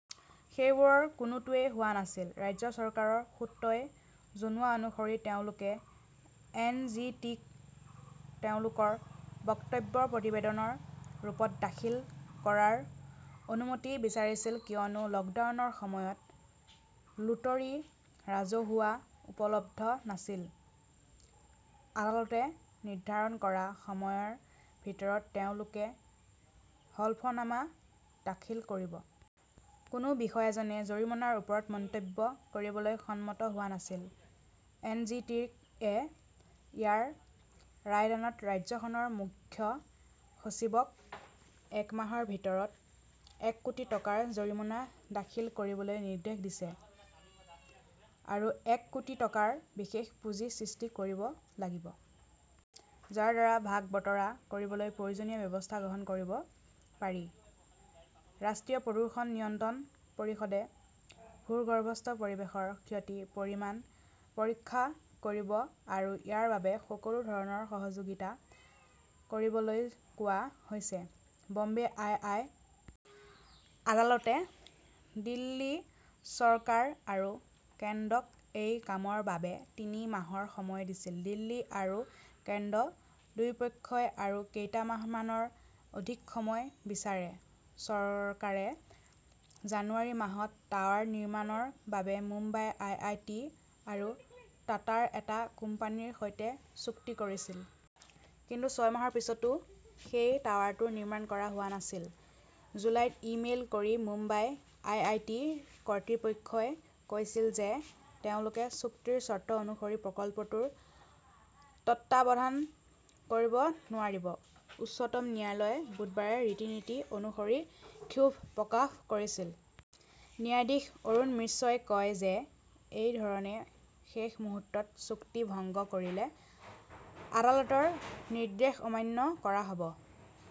সেইবোৰৰ কোনোটোৱেই হোৱা নাছিল। ৰাজ্য চৰকাৰৰ সূত্ৰই জনোৱা অনুসৰি তেওঁলোকে এন. জি. টি. -ক তেওঁলোকৰ বক্তব্য প্ৰতিবেদনৰ ৰূপত দাখিল কৰাৰ অনুমতি বিচাৰিছিল কিয়নো লকডাউনৰ সময়ত 'নোটৰী ৰাজহুৱা উপলব্ধ নাছিল। আদালতে নিৰ্ধাৰণ কৰা সময়ৰ ভিতৰত তেওঁলোকে হলফনামা দাখিল কৰিব। কোনো বিষয়াজনে জৰিমনাৰ ওপৰত মন্তব্য কৰিবলৈ সন্মত হোৱা নাছিল। এন. জি. টি. -য়ে ইয়াৰ ৰায়দানত ৰাজ্যখনৰ মুখ্য সচিবক এক মাহৰ ভিতৰত এক কোটি টকাৰ জৰিমনা দাখিল কৰিবলৈ নিৰ্দেশ দিছে। আৰু এক কোটি টকাৰ বিশেষ পুঁজি সৃষ্টি কৰিব লাগিব। যাৰ দ্বাৰা ভাগ বতৰা কৰিবলৈ প্ৰয়োজনীয় ব্যৱস্থা গ্ৰহণ কৰিব পাৰি। ৰাষ্ট্ৰীয় প্ৰদূষণ নিয়ন্ত্ৰণ পৰিষদে ভূগৰ্ভস্থ পৰিৱেশৰ ক্ষতিৰ পৰিমাণ পৰীক্ষা কৰিব আৰু ইয়াৰ বাবে সকলো ধৰণৰ সহযোগিতা কৰিবলৈ কোৱা হৈছে। ব 'ম্বে আই. আই. আদালতে দিল্লী চৰকাৰ আৰু কেন্দ্ৰক এই কামৰ বাবে তিনি মাহৰ সময় দিছিল। দিল্লী আৰু কেন্দ্ৰ দুয়োপক্ষই আৰু কেইমাহমানৰ অধিক সময় বিচাৰে। চৰকাৰে জানুৱাৰী মাহত টাৱাৰ নিৰ্মাণৰ বাবে বোম্বাই আই. আই. টি. আৰু টাটাৰ এটা কোম্পানীৰ সৈতে চুক্তি কৰিছিল। কিন্তু ছয় মাহৰ পিছতো সেই টাৱাৰটো নিৰ্মাণ কৰা হোৱা নাছিল। জুলাইত ই-মেইল কৰি বোম্বাই আই. আই. টি. -ৰ কৰ্তৃপক্ষই কৈছিল যে তেওঁলোকে চুক্তিৰ চৰ্ত অনুসৰি প্ৰকল্পটোৰ তত্বাৱধান কৰিব নোৱাৰিব। উচ্চতম ন্যায়ালয়ে বুধবাৰে ৰীতি-নীতি অনুসৰি ক্ষোভ প্ৰকাশ কৰিছিল। ন্যায়াধীশ অৰুণ মিশ্ৰই কয় যে এই ধৰণে শেষ মুহূৰ্তত চুক্তি ভংগ কৰিলে আদালতৰ নিৰ্দেশ অমান্য কৰা হব।